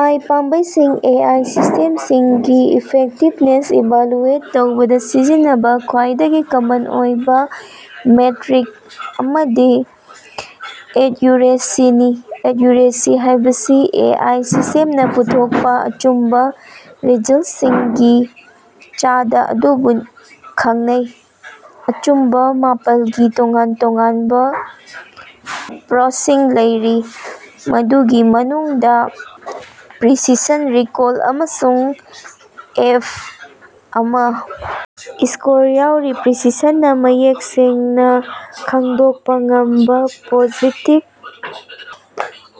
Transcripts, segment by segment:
ꯑꯥꯏ. ꯄꯥꯝꯕꯩꯁꯤꯡ A. I. ꯁꯤꯁ꯭ꯇꯦꯝꯁꯤꯡꯒꯤ effectiveness evaluate ꯇꯧꯕꯗꯥ ꯁꯤꯖꯤꯟꯅꯕꯥ ꯈ꯭ꯋꯥꯏꯗꯒꯤ ꯀꯃꯟ ꯑꯣꯏꯕꯥ ꯃꯦꯠꯔꯤꯛ ꯑꯃꯗꯤ 'ꯑꯦꯛꯌꯨꯔꯦꯁꯤ'ꯅꯤ꯫ ꯑꯦꯛꯌꯨꯔꯦꯁꯤ ꯍꯥꯏꯕꯁꯤ ꯑꯦ. ꯑꯥꯏ. ꯁꯤꯁ꯭ꯇꯦꯝꯅꯥ ꯄꯨꯊꯣꯛꯄꯥ ꯑꯆꯨꯝꯕꯥ ꯔꯤꯖꯜꯇꯁꯤꯡꯒꯤ ꯆꯥꯗꯥ ꯑꯗꯨꯕꯨ ꯈꯪꯅꯩ꯫ ꯑꯆꯨꯝꯕꯥ ꯃꯥꯄꯜꯒꯤ ꯇꯣꯉꯥꯟ ꯇꯣꯉꯥꯟꯕꯥ ꯑꯦꯞꯄꯔꯣꯆꯁꯤꯡ ꯂꯩꯔꯤ, ꯃꯗꯨꯒꯤ ꯃꯅꯨꯡꯗꯥ ꯄ꯭ꯔꯤꯁꯤꯁꯟ, ꯔꯤꯀꯣꯜ, ꯑꯃꯁꯨꯡ ꯑꯦꯐ.꯱ ꯁ꯭ꯀꯣꯔ ꯌꯥꯎꯔꯤ꯫ ꯄ꯭ꯔꯤꯁꯤꯁꯟꯅꯥ ꯃꯌꯦꯛ ꯁꯦꯡꯅꯥ ꯈꯪꯗꯣꯛꯄꯥ ꯉꯝꯕꯥ ꯄꯣꯖꯤꯇꯤꯕ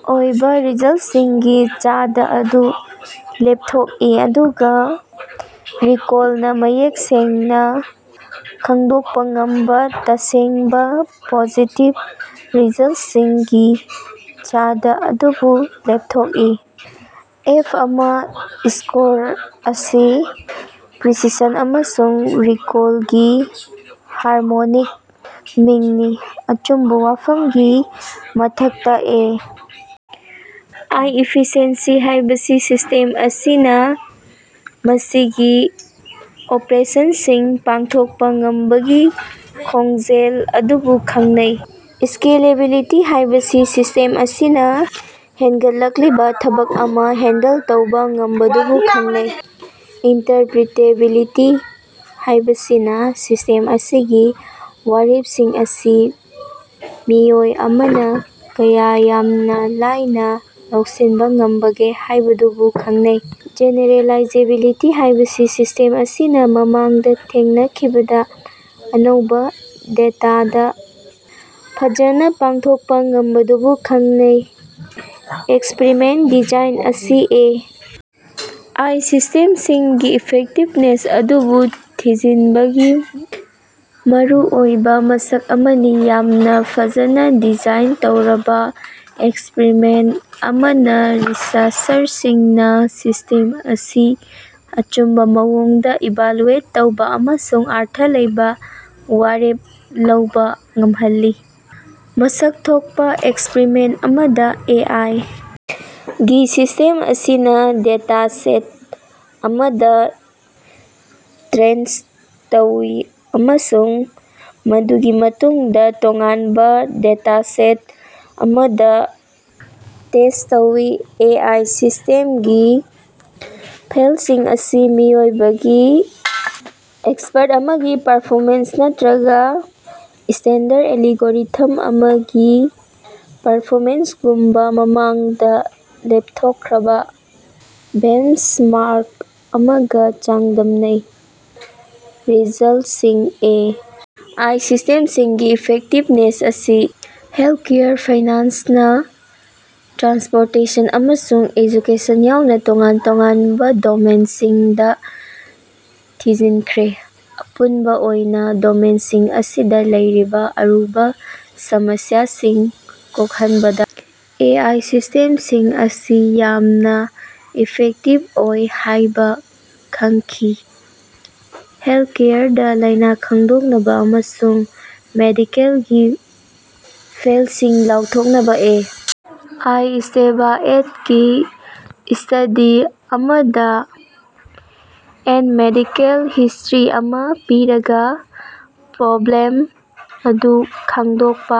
ꯑꯣꯏꯕꯥ ꯔꯤꯖꯜꯇꯁꯤꯡꯒꯤ ꯆꯥꯗꯥ ꯑꯗꯨ ꯂꯦꯞꯊꯣꯛꯏ, ꯑꯗꯨꯒꯥ ꯔꯤꯀꯣꯜꯅꯥ ꯃꯌꯦꯛ ꯁꯦꯡꯅꯥ ꯈꯪꯗꯣꯛꯄꯥ ꯉꯝꯕꯥ ꯇꯁꯦꯡꯕꯥ ꯄꯣꯖꯤꯇꯤꯕ ꯔꯤꯖꯜꯇꯁꯤꯡꯒꯤ ꯆꯥꯗꯥ ꯑꯗꯨꯕꯨ ꯂꯦꯞꯊꯣꯛꯏ꯫ ꯑꯦꯐꯑꯃ ꯁ꯭ꯀꯣꯔ ꯑꯁꯤ ꯄ꯭ꯔꯤꯁꯤꯁꯟ ꯑꯃꯁꯨꯡ ꯔꯤꯀꯣꯜꯒꯤ ꯍꯥꯔꯃꯣꯅꯤꯛ ꯃꯤꯡꯅꯤ꯫ ꯑꯆꯨꯝꯕꯥ ꯋꯥꯐꯝꯒꯤ ꯃꯊꯛꯇꯥ, ꯑꯦ. ꯑꯥꯏ. ꯏꯐꯤꯁꯤꯑꯦꯟꯁꯤ ꯍꯥꯏꯕꯁꯤ ꯁꯤꯁ꯭ꯇꯦꯝ ꯑꯁꯤꯅꯥ ꯃꯁꯤꯒꯤ ꯑꯣꯄꯔꯦꯁꯟꯁꯤꯡ ꯄꯥꯡꯊꯣꯛꯄꯥ ꯉꯝꯕꯒꯤ ꯈꯣꯡꯖꯦꯜ ꯑꯗꯨꯕꯨ ꯈꯪꯅꯩ꯫ ꯁ꯭ꯀꯦꯂꯦꯕꯤꯂꯤꯇꯤ ꯍꯥꯏꯕꯁꯤ ꯁꯤꯁ꯭ꯇꯦꯝ ꯑꯁꯤꯅꯥ ꯍꯦꯒꯠꯂꯛꯂꯤꯕꯥ ꯊꯕꯛ ꯑꯃꯥ ꯍꯦꯟꯗꯜ ꯇꯧꯕꯥ ꯉꯝꯕꯗꯨꯕꯨ ꯈꯪꯅꯩ꯫ ꯏꯟꯇꯔꯄꯔꯤꯇꯦꯕꯤꯂꯤꯇꯤ ꯍꯥꯏꯕꯁꯤꯅꯥ ꯁꯤꯁ꯭ꯇꯦꯝ ꯑꯁꯤꯒꯤ ꯋꯥꯔꯦꯞꯁꯤꯡ ꯑꯁꯤ ꯃꯤꯑꯣꯏ ꯑꯃꯅꯥ ꯀꯌꯥ ꯌꯥꯝꯅꯥ ꯂꯥꯏꯅꯥ ꯂꯧꯁꯤꯟꯕꯥ ꯉꯝꯕꯒꯦ ꯍꯥꯏꯕꯗꯨꯕꯨ ꯈꯪꯅꯩ꯫ ꯖꯦꯅꯦꯔꯦꯂꯥꯏꯖꯦꯕꯤꯂꯤꯇꯤ ꯍꯥꯏꯕꯁꯤ ꯁꯤꯁ꯭ꯇꯦꯝ ꯑꯁꯤꯅꯥ ꯃꯃꯥꯡꯗꯥ ꯊꯦꯡꯅꯈꯤꯕꯥꯗ ꯑꯅꯧꯕꯥ ꯗꯦꯇꯥꯗꯥ ꯐꯖꯅꯥ ꯄꯥꯡꯊꯣꯛꯄꯥ ꯉꯝꯕꯗꯨꯕꯨ ꯈꯪꯅꯩ꯫ ꯑꯦꯛꯁꯄꯤꯔꯤꯃꯦꯟꯇ ꯗꯤꯖꯥꯏꯟ ꯑꯁꯤ ꯑꯦ. ꯑꯥꯏ. ꯁꯤꯁ꯭ꯇꯦꯝꯁꯤꯡꯒꯤ ꯏꯐꯦꯛꯇꯤꯕꯅꯦꯁ ꯑꯗꯨꯕꯨ ꯊꯤꯖꯤꯟꯕꯒꯤ ꯃꯔꯨꯑꯣꯏꯕꯥ ꯃꯁꯛ ꯑꯃꯅꯤ꯫ ꯌꯥꯝꯅꯥ ꯐꯖꯅꯥ ꯗꯤꯖꯥꯏꯟ ꯇꯧꯔꯕꯥ ꯑꯦꯛꯁꯄꯔꯤꯃꯦꯟꯇ ꯑꯃꯅꯥ ꯔꯤꯁꯔꯆꯔꯁꯤꯡꯅꯥ ꯁꯤꯁ꯭ꯇꯦꯝ ꯑꯁꯤ ꯑꯆꯨꯝꯕꯥ ꯃꯑꯣꯡꯗꯥ ꯏꯚꯥꯂꯨꯑꯦꯠ ꯇꯧꯕꯥ ꯑꯃꯁꯨꯡ ꯑꯔꯊ ꯂꯩꯕꯥ ꯋꯥꯔꯦꯞ ꯂꯧꯕꯥ ꯉꯝꯍꯜꯂꯤ꯫ ꯃꯁꯛ ꯊꯣꯛꯄꯥ ꯑꯦꯛꯁꯄꯔꯤꯃꯦꯟꯇ ꯑꯃꯗꯥ, ꯑꯦ. ꯑꯥꯏ. ꯒꯤ ꯁꯤꯁ꯭ꯇꯦꯝ ꯑꯁꯤ ꯗꯦꯇꯥꯁꯦꯠ ꯑꯃꯗꯥ ꯇ꯭ꯔꯦꯟ ꯇꯧꯏ ꯑꯃꯁꯨꯡ ꯃꯗꯨꯒꯤ ꯃꯇꯨꯡꯗꯥ ꯇꯣꯉꯥꯟꯕꯥ ꯗꯦꯇꯥꯁꯦꯠ ꯑꯃꯗꯥ ꯇꯦꯁ꯭ꯠ ꯇꯧꯏ꯫ ꯑꯦ. ꯑꯥꯏ. ꯁꯤꯁ꯭ꯇꯦꯝꯒꯤ ꯐꯦꯜꯁꯤꯡ ꯑꯁꯤ ꯃꯤꯑꯣꯏꯕꯒꯤ ꯑꯦꯛꯁꯄꯔꯠ ꯑꯃꯒꯤ ꯄꯔꯐꯣꯃꯦꯟꯁ ꯅꯠꯇꯔꯒꯥ ꯁ꯭ꯇꯦꯟꯗꯔꯗ ꯑꯦꯂꯒꯣꯔꯤꯊꯝ ꯑꯃꯒꯤ ꯄꯔꯐꯣꯃꯦꯟꯁꯒꯨꯝꯕꯥ ꯃꯃꯥꯡꯗꯥ ꯂꯦꯞꯊꯣꯛꯈ꯭ꯔꯕꯥ ꯕꯦꯟꯆꯃꯥꯔꯛ ꯑꯃꯒꯥ ꯆꯥꯡꯗꯝꯅꯩ꯫ ꯔꯤꯖꯜꯇꯁꯤꯡ ꯑꯦ. ꯑꯥꯏ. ꯁꯤꯁ꯭ꯇꯦꯝꯁꯤꯡꯒꯤ ꯏꯐꯦꯛꯇꯤꯕꯅꯦꯁ ꯑꯁꯤ ꯍꯦꯜꯀꯦꯌꯔ, ꯐꯥꯏꯅꯥꯟꯁꯅ, ꯇ꯭ꯔꯥꯟꯁꯄꯣꯔꯇꯦꯁꯟ, ꯑꯃꯁꯨꯡ ꯑꯦꯖꯨꯀꯦꯁꯟ ꯌꯥꯎꯅ ꯇꯣꯉꯥꯟ ꯇꯣꯉꯥꯟꯕꯥ ꯗꯣꯃꯦꯟꯁꯤꯡꯗꯥ ꯊꯤꯖꯤꯟꯈ꯭ꯔꯦ꯫ ꯑꯄꯨꯟꯕꯥ ꯑꯣꯏꯅꯥ, ꯗꯣꯃꯦꯟꯁꯤꯡ ꯑꯁꯤꯗꯥ ꯂꯩꯔꯤꯕꯥ ꯑꯔꯨꯕꯥ ꯁꯃꯁ꯭ꯌꯥꯁꯤꯡ ꯀꯣꯍꯟꯕꯗꯥ ꯑꯦ. ꯑꯥꯏ. ꯁꯤꯁ꯭ꯇꯦꯃꯁꯤꯡ ꯑꯁꯤ ꯌꯥꯝꯅꯥ ꯏꯐꯦꯛꯇꯤꯕ ꯑꯣꯏ ꯍꯥꯏꯕꯥ ꯈꯪꯈꯤ ꯫ ꯍꯦꯜꯇꯀꯦꯌꯔꯗꯥ, ꯂꯥꯏꯅꯥ ꯈꯪꯗꯣꯛꯅꯕꯥ ꯑꯃꯁꯨꯡ ꯃꯦꯗꯤꯀꯦꯜꯒꯤ ꯐꯦꯜꯁꯤꯡ ꯂꯥꯎꯊꯣꯛꯅꯕꯥ ꯑꯦ. ꯑꯥꯏ. Esteva et. ꯒꯤ ꯁ꯭ꯇꯗꯤ ꯑꯃꯗꯥ ꯑꯦꯟ ꯃꯦꯗꯤꯀꯦꯜ ꯍꯤꯁ꯭ꯇꯔꯤ ꯑꯃꯥ ꯄꯤꯔꯒꯥ ꯄ꯭ꯔꯣꯕ꯭ꯂꯦꯝ ꯑꯗꯨ ꯈꯪꯗꯣꯛꯄꯥ꯫